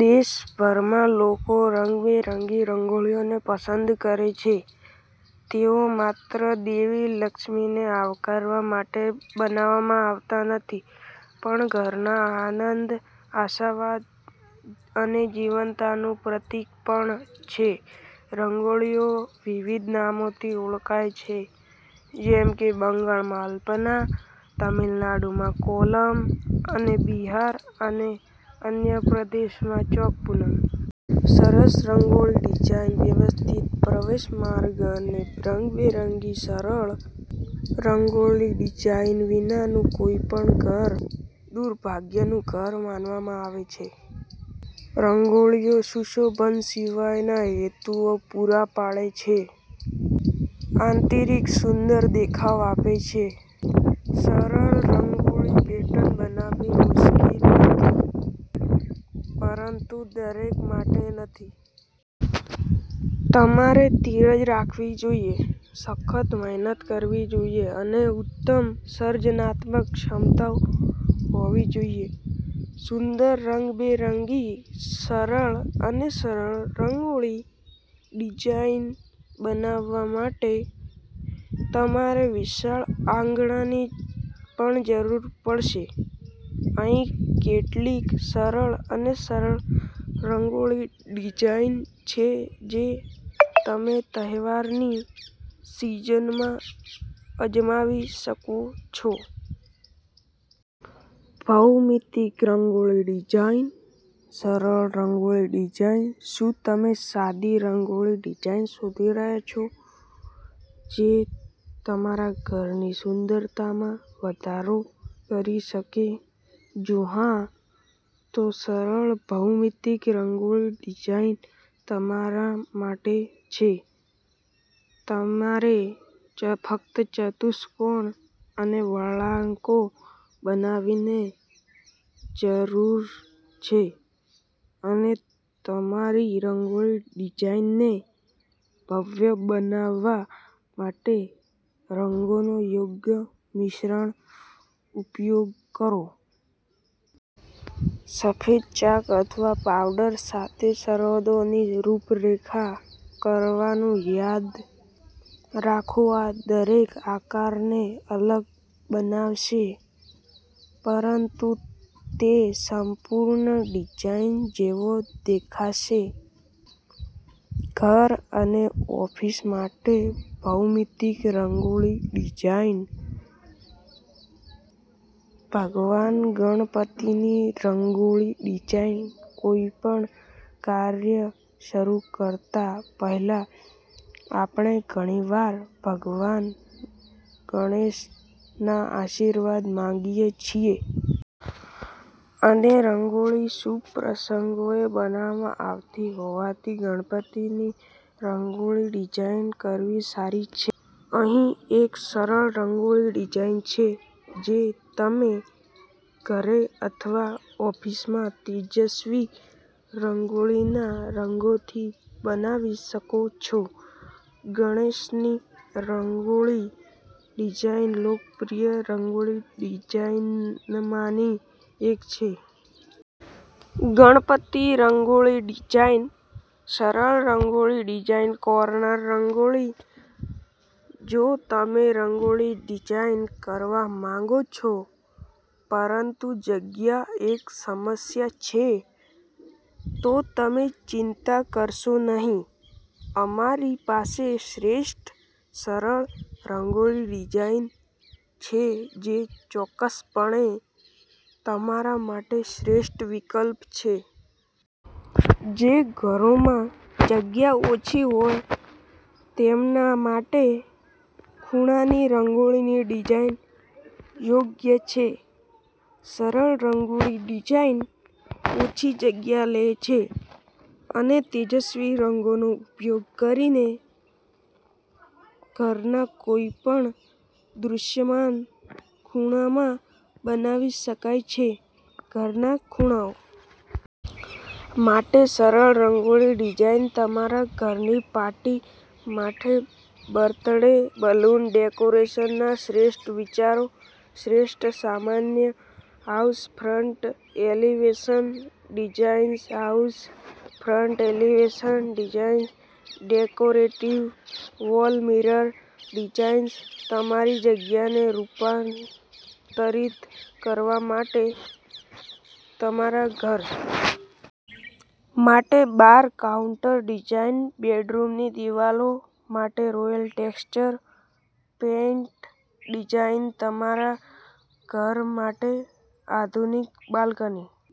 દેશભરમાં લોકો રંગબેરંગી રંગોળીઓને પસંદ કરે છે. તેઓ માત્ર દેવી લક્ષ્મીને આવકારવા માટેબનાવવામાં આવતા નથી પણ ઘરના આનંદ, આશાવાદ અને જીવંતતાનું પણ પ્રતીક છે. રંગોળીઓ વિવિધ નામોથી ઓળખાય છે, જેમ કે બંગાળમાં અલ્પના, તમિલનાડુમાં કોલમ અને બિહાર અને મધ્ય પ્રદેશમાં ચોક પૂજન. સરળ રંગોળી ડિઝાઇન વ્યવસ્થિત પ્રવેશ માર્ગ અને રંગબેરંગી, સરળ રંગોળી ડિઝાઇન વિનાનું કોઈપણ ઘર દુર્ભાગ્યનું ઘર માનવામાં આવે છે. રંગોળીઓ સુશોભન સિવાયના હેતુઓ પૂરા પાડે છે, આંતરિકને સુંદર દેખાવ આપે છે. સરળ રંગોળી પેટર્ન બનાવવી મુશ્કેલ નથી, પરંતુ તે દરેક માટે નથી. તમારે ધીરજ રાખવી જોઈએ, સખત મહેનત કરવી જોઈએ અને ઉત્તમ સર્જનાત્મક ક્ષમતાઓ હોવી જોઈએ. સુંદર, રંગબેરંગી, સરળ અને સરળ રંગોળી ડિઝાઇન બનાવવા માટે તમારે વિશાળ આંગણાની પણ જરૂર પડશે. અહીં કેટલીક સરળ અને સરળ રંગોળી ડિઝાઇન છે જે તમેતહેવારની સિઝનમાં અજમાવી શકો છો. ભૌમિતિક રંગોળી ડિઝાઇનસરળ રંગોળી ડિઝાઇન શું તમે સાદી રંગોળી ડિઝાઇન શોધી રહ્યાં છો જે તમારા ઘરની સુંદરતામાં વધારો કરી શકે? જો હા, તોસરળ ભૌમિતિક રંગોળી ડિઝાઇન તમારા માટે છે! તમારે ફક્તચતુષ્કોણ અને વળાંકો બનાવવાની જરૂર છે અને તમારી રંગોળી ડિઝાઇનને ભવ્ય બનાવવા માટે રંગોના યોગ્ય મિશ્રણ ઉપયોગ કરો. સફેદ ચાક અથવા પાવડર સાથે સરહદોની રૂપરેખા કરવાનું યાદ રાખોઆ દરેક આકારને અલગ બનાવશે પરંતુ તે સંપૂર્ણ ડિઝાઇન જેવો દેખાશે. ઘર અને ઓફિસ માટે ભૌમિતિક રંગોળી ડિઝાઇન. ભગવાન ગણપતિની રંગોળી ડિઝાઇન કોઈપણ કાર્ય શરૂ કરતા પહેલા આપણે ઘણીવાર ભગવાન ગણેશના આશીર્વાદ માંગીએ છીએ. અને રંગોળી શુભ પ્રસંગોએ બનાવવામાં આવતી હોવાથી ગણપતિની રંગોળી ડિઝાઇન કરવી સારી છે. અહીં એક સરળ રંગોળી ડિઝાઇન છે જે તમે ઘરે અથવા ઓફિસમાં તેજસ્વી રંગોળીના રંગોથી બનાવી શકો છો. ગણેશની રંગોળી ડિઝાઇન લોકપ્રિય રંગોળી ડિઝાઇનમાંની એક છે. ગણપતિ રંગોળી ડિઝાઇન સરળ રંગોળી ડિઝાઇનકોર્નર રંગોળી જો તમે રંગોળી ડિઝાઇન કરવા માંગો છો, પરંતુ જગ્યા એક સમસ્યા છે, તો ચિંતા કરશો નહીં! અમારી પાસે શ્રેષ્ઠ સરળ રંગોળી ડિઝાઇન છે જે ચોક્કસપણે તમારા માટે શ્રેષ્ઠ વિકલ્પ છે. જે ઘરોમાં જગ્યા ઓછી હોય તેમના માટે ખૂણાની રંગોળીની ડિઝાઇન યોગ્ય છે. સરળ રંગોળી ડિઝાઇન ઓછી જગ્યા લે છે અને તેજસ્વી રંગોનો ઉપયોગ કરીને ઘરના કોઈપણ દૃશ્યમાન ખૂણામાં બનાવી શકાય છે. ઘરના ખૂણાઓ માટે સરળ રંગોળી ડિઝાઇન તમારા ઘરની પાર્ટી માટે બર્થડે બલૂન ડેકોરેશનના શ્રેષ્ઠ વિચારો, શ્રેષ્ઠ સામાન્ય house front elevation designs house front elevation designs, decorative wall mirror designs તમારી જગ્યાને રૂપાંતરિત કરવા માટે, તમારા ઘર માટે બાર કાઉન્ટર ડિઝાઇન, બેડરૂમની દિવાલો માટે રોયલ ટેક્સચર પેઇન્ટ ડિઝાઇન, તમારા ઘર માટે આધુનિક બાલ્કની